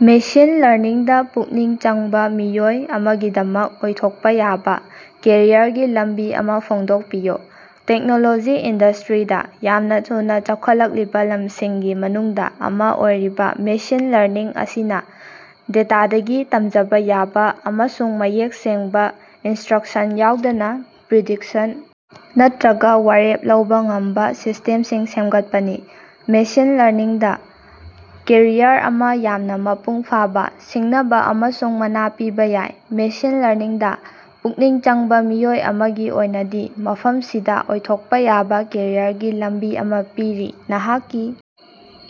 Machine ꯂꯔꯅꯤꯡꯗ ꯄꯨꯛꯅꯤꯡ ꯆꯪꯕ ꯃꯤꯑꯣꯏ ꯑꯃꯒꯤꯗꯃꯛ ꯑꯣꯏꯊꯣꯛꯄ ꯌꯥꯕ ꯀꯦꯔꯤꯌꯔꯒꯤ ꯂꯝꯕꯤ ꯑꯃ ꯐꯣꯡꯗꯣꯛꯄꯤꯌꯨ꯫ ꯇꯦꯛꯅꯣꯂꯣꯖꯤ ꯏꯟꯗꯁ꯭ꯠꯔꯤꯗ ꯌꯥꯝꯅ ꯊꯨꯅ ꯆꯥꯎꯈꯠꯂꯛꯂꯤꯕ ꯂꯝꯁꯤꯡꯒꯤ ꯃꯅꯨꯡꯗ ꯑꯃ ꯑꯣꯏꯔꯤꯕ ꯃꯦꯁꯤꯟ ꯂꯔꯅꯤꯡ ꯑꯁꯤꯅ ꯗꯦꯇꯥꯗꯒꯤ ꯇꯝꯖꯕ ꯌꯥꯕ ꯑꯃꯁꯨꯡ ꯃꯌꯦꯛ ꯁꯦꯡꯕ ꯏꯟꯁꯇ꯭ꯔꯛꯁꯟ ꯌꯥꯎꯗꯅ ꯄ꯭ꯔꯤꯗꯤꯛꯁꯟ ꯅꯠꯇ꯭ꯔꯒ ꯋꯥꯔꯦꯞ ꯂꯧꯕ ꯉꯝꯕ ꯁꯤꯁꯇꯦꯝꯁꯤꯡ ꯁꯦꯝꯒꯠꯄꯅꯤ꯫ ꯃꯦꯁꯤꯟ ꯂꯔꯅꯤꯡꯗ ꯀꯦꯔꯤꯌꯔ ꯑꯃ ꯌꯥꯝꯅ ꯃꯄꯨꯡ ꯐꯥꯕ, ꯁꯤꯡꯅꯕ ꯑꯃꯁꯨꯡ ꯃꯅꯥ ꯄꯤꯕ ꯌꯥꯏ꯫ ꯃꯦꯁꯤꯟ ꯂꯔꯅꯤꯡꯗ ꯄꯨꯛꯅꯤꯡ ꯆꯪꯕ ꯃꯤꯑꯣꯏ ꯑꯃꯒꯤ ꯑꯣꯏꯅꯗꯤ, ꯃꯐꯝꯁꯤꯗ ꯑꯣꯏꯊꯣꯛꯄ ꯌꯥꯕ ꯀꯦꯔꯤꯌꯔꯒꯤ ꯂꯝꯕꯤ ꯑꯃ ꯄꯤꯔꯤ: ꯅꯍꯥꯛꯀꯤ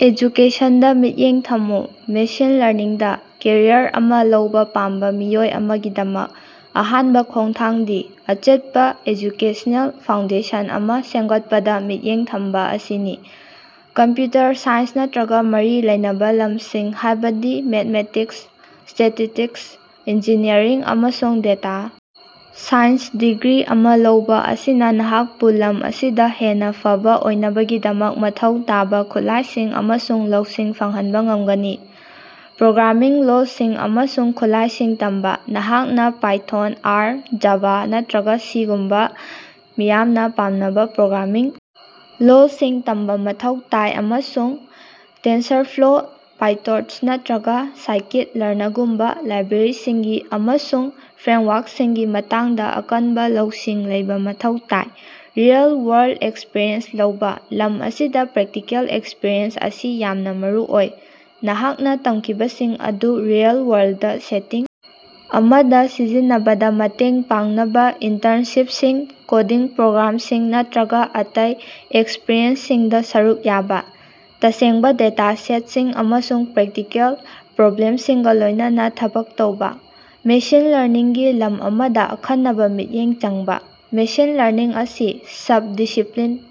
ꯑꯦꯖꯨꯀꯦꯁꯟꯗ ꯃꯤꯠꯌꯦꯡ ꯊꯝꯃꯨ: ꯃꯦꯁꯤꯟ ꯂꯔꯅꯤꯡꯗ ꯀꯦꯔꯤꯌꯔ ꯑꯃ ꯂꯧꯕ ꯄꯥꯝꯕ ꯃꯤꯑꯣꯏ ꯑꯃꯒꯤꯗꯃꯛ ꯑꯍꯥꯟꯕ ꯈꯣꯡꯊꯥꯡꯗꯤ ꯑꯆꯦꯠꯄ ꯑꯦꯖꯨꯀꯦꯁꯅꯦꯜ ꯐꯥꯎꯟꯗꯦꯁꯟ ꯑꯃ ꯁꯦꯝꯒꯠꯄꯗ ꯃꯤꯠꯌꯦꯡ ꯊꯝꯕ ꯑꯁꯤꯅꯤ꯫ ꯀꯝꯄ꯭ꯌꯨꯇꯔ ꯁꯥꯏꯟꯁ ꯅꯠꯇ꯭ꯔꯒ ꯃꯔꯤ ꯂꯩꯅꯕ ꯂꯝꯁꯤꯡ ꯍꯥꯏꯕꯗꯤ ꯃꯦꯊꯃꯦꯇꯤꯛꯁ, ꯁ꯭ꯇꯦꯇꯤꯁ꯭ꯇꯤꯛꯁ, ꯏꯟꯖꯤꯅꯤꯌꯔꯤꯡ ꯑꯃꯁꯨꯡ ꯗꯦꯇꯥ ꯁꯥꯏꯟꯁꯇ ꯗꯤꯒ꯭ꯔꯤ ꯑꯃ ꯂꯧꯕ ꯑꯁꯤꯅ ꯅꯍꯥꯛꯄꯨ ꯂꯝ ꯑꯁꯤꯗ ꯍꯦꯟꯅ ꯐꯕ ꯑꯣꯏꯅꯕꯒꯤꯗꯃꯛ ꯃꯊꯧ ꯇꯥꯕ ꯈꯨꯠꯂꯥꯏꯁꯤꯡ ꯑꯃꯁꯨꯡ ꯂꯧꯁꯤꯡ ꯐꯪꯍꯟꯕ ꯉꯝꯒꯅꯤ꯫ ꯄ꯭ꯔꯣꯒ꯭ꯔꯥꯃꯤꯡ ꯂꯣꯜꯁꯤꯡ ꯑꯃꯁꯨꯡ ꯈꯨꯠꯂꯥꯌꯡꯏꯁꯤꯡ ꯇꯝꯕ: ꯅꯍꯥꯛꯅ ꯄꯥꯏꯊꯣꯟ, ꯑꯥꯔ, ꯖꯥꯚꯥ ꯅꯠꯇ꯭ꯔꯒ ꯁꯤ ꯒꯨꯝꯕꯥ ꯃꯤꯌꯥꯝꯅ ꯄꯥꯝꯅꯕ ꯄ꯭ꯔꯣꯒ꯭ꯔꯥꯃꯤꯡ ꯂꯣꯜꯁꯤꯡ ꯇꯝꯕ ꯃꯊꯧ ꯇꯥꯏ ꯑꯃꯁꯨꯡ ꯇꯦꯟꯁꯔꯐ꯭ꯂꯣ, ꯄꯥꯏꯇꯣꯔꯆ ꯅꯠꯇ‌꯭ꯔꯒ ꯁꯥꯏꯀꯤꯠ-ꯂꯔꯅꯒꯨꯝꯕ ꯂꯥꯏꯕ꯭ꯔꯦꯔꯤꯁꯤꯡ ꯑꯃꯁꯨꯡ ꯐ꯭ꯔꯦꯝꯋꯥꯔꯛꯁꯤꯡꯒꯤ ꯃꯇꯥꯡꯗ ꯑꯀꯟꯕ ꯂꯧꯁꯤꯡ ꯂꯩꯕ ꯃꯊꯧ ꯇꯥꯏ꯫ ꯔꯤꯑꯦꯜ-ꯋꯥꯔꯜꯗ ꯑꯦꯛꯁꯄꯤꯔꯤꯑꯦꯟꯁ ꯂꯧꯕ: ꯂꯝ ꯑꯁꯤꯗ ꯄ꯭ꯔꯦꯛꯇꯤꯀꯦꯜ ꯑꯦꯛꯁꯄꯤꯔꯤꯑꯦꯟꯁ ꯑꯁꯤ ꯌꯥꯝꯅ ꯃꯔꯨꯑꯣꯏ꯫ ꯅꯍꯥꯛꯅ ꯇꯝꯈꯤꯕꯁꯤꯡ ꯑꯗꯨ ꯔꯤꯑꯦꯜ-ꯋꯥꯔꯜꯗ ꯁꯦꯇꯤꯡ ꯑꯃꯗ ꯁꯤꯖꯤꯟꯅꯕꯗ ꯃꯇꯦꯡ ꯄꯥꯡꯅꯕ ꯏꯟꯇꯔꯟꯁꯤꯞꯁꯤꯡ, ꯀꯣꯗꯤꯡ ꯄ꯭ꯔꯣꯒ꯭ꯔꯥꯝꯁꯤꯡ ꯅꯠꯇ꯭ꯔꯒ ꯑꯇꯩ ꯑꯦꯛꯁꯄꯤꯔꯤꯑꯦꯟꯁꯁꯤꯡꯗ ꯁꯔꯨꯛ ꯌꯥꯕ, ꯇꯁꯦꯡꯕ ꯗꯦꯇꯥ ꯁꯦꯠꯁꯤꯡ ꯑꯃꯁꯨꯡ ꯄ꯭ꯔꯦꯛꯇꯤꯀꯦꯜ ꯄ꯭ꯔꯣꯕ꯭ꯂꯦꯝꯁꯤꯡꯒ ꯂꯣꯏꯅꯅꯥ ꯊꯕꯛ ꯇꯧꯕ꯫ ꯃꯦꯁꯤꯟ ꯂꯔꯅꯤꯡ ꯒꯤ ꯂꯝ ꯑꯃꯗ ꯑꯈꯟꯅꯕ ꯃꯤꯠꯌꯦꯡ ꯆꯪꯕ: ꯃꯦꯁꯤꯟ ꯂꯔꯅꯤꯡ ꯑꯁꯤ ꯁꯕ-ꯗꯤꯁꯤꯄ꯭ꯂꯤꯟ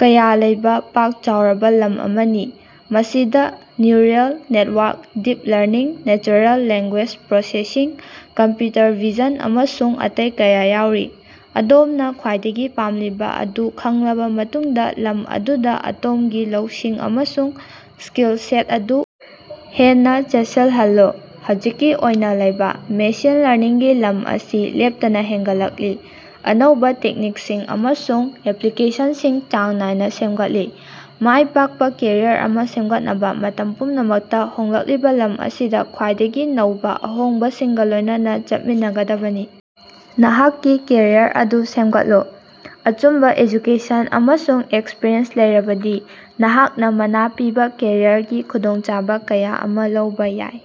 ꯀꯌꯥ ꯂꯩꯕ ꯄꯥꯛ ꯆꯥꯎꯔꯕ ꯂꯝ ꯑꯃꯅꯤ꯫ ꯃꯁꯤꯗ neural network, deep learning, natural language processing, computer vision, ꯑꯃꯁꯨꯡ ꯑꯇꯩ ꯀꯌꯥ ꯌꯥꯎꯔꯤ꯫ ꯑꯗꯣꯝꯅ ꯈ꯭ꯋꯥꯏꯗꯒꯤ ꯄꯥꯝꯂꯤꯕ ꯑꯗꯨ ꯈꯪꯂꯕ ꯃꯇꯨꯡꯗ, ꯂꯝ ꯑꯗꯨꯗ ꯑꯗꯣꯝꯒꯤ ꯂꯧꯁꯤꯡ ꯑꯃꯁꯨꯡ ꯁ꯭ꯀꯤꯜꯁꯦꯠ ꯑꯗꯨ ꯍꯦꯟꯅ ꯆꯦꯠꯁꯤꯜꯍꯜꯂꯨ꯫ ꯍꯧꯖꯤꯛꯀꯤ ꯑꯣꯏꯅ ꯂꯩꯕ: ꯃꯦꯁꯤꯟ ꯂꯔꯅꯤꯡꯒꯤ ꯂꯝ ꯑꯁꯤ ꯂꯦꯞꯇꯅ ꯍꯦꯟꯒꯠꯂꯛꯂꯤ, ꯑꯅꯧꯕ ꯇꯦꯛꯅꯤꯛꯁꯤꯡ ꯑꯃꯁꯨꯡ ꯑꯦꯄ꯭ꯂꯤꯀꯦꯁꯟꯁꯤꯡ ꯆꯥꯡ ꯅꯥꯏꯅ ꯁꯦꯝꯒꯠꯂꯤ꯫ ꯃꯥꯏ ꯄꯥꯛꯄ ꯀꯦꯔꯤꯌꯔ ꯑꯃ ꯁꯦꯝꯒꯠꯅꯕ ꯃꯇꯝ ꯄꯨꯝꯅꯃꯛꯇ ꯍꯣꯡꯂꯛꯂꯤꯕ ꯂꯝ ꯑꯁꯤꯗ ꯈ꯭ꯋꯤꯏꯗꯒꯤ ꯅꯧꯕ ꯑꯍꯣꯡꯕꯁꯤꯡꯒ ꯂꯣꯏꯅꯅ ꯆꯠꯃꯤꯟꯅꯒꯗꯕꯅꯤ꯫ ꯅꯍꯥꯛꯀꯤ ꯀꯦꯔꯤꯌꯔ ꯑꯗꯨ ꯁꯦꯝꯒꯠꯂꯨ: ꯑꯆꯨꯝꯕ ꯑꯦꯖꯨꯀꯦꯁꯟ ꯑꯃꯁꯨꯡ ꯑꯦꯛꯁꯄꯤꯔꯤꯑꯦꯟꯁ ꯂꯩꯔꯕꯗꯤ, ꯅꯍꯥꯛꯅ ꯃꯅꯥ ꯄꯤꯕ ꯀꯦꯔꯤꯌꯔꯒꯤ ꯈꯨꯗꯣꯡꯆꯥꯕ ꯀꯌꯥ ꯑꯃ ꯂꯧꯕ ꯌꯥꯏ꯫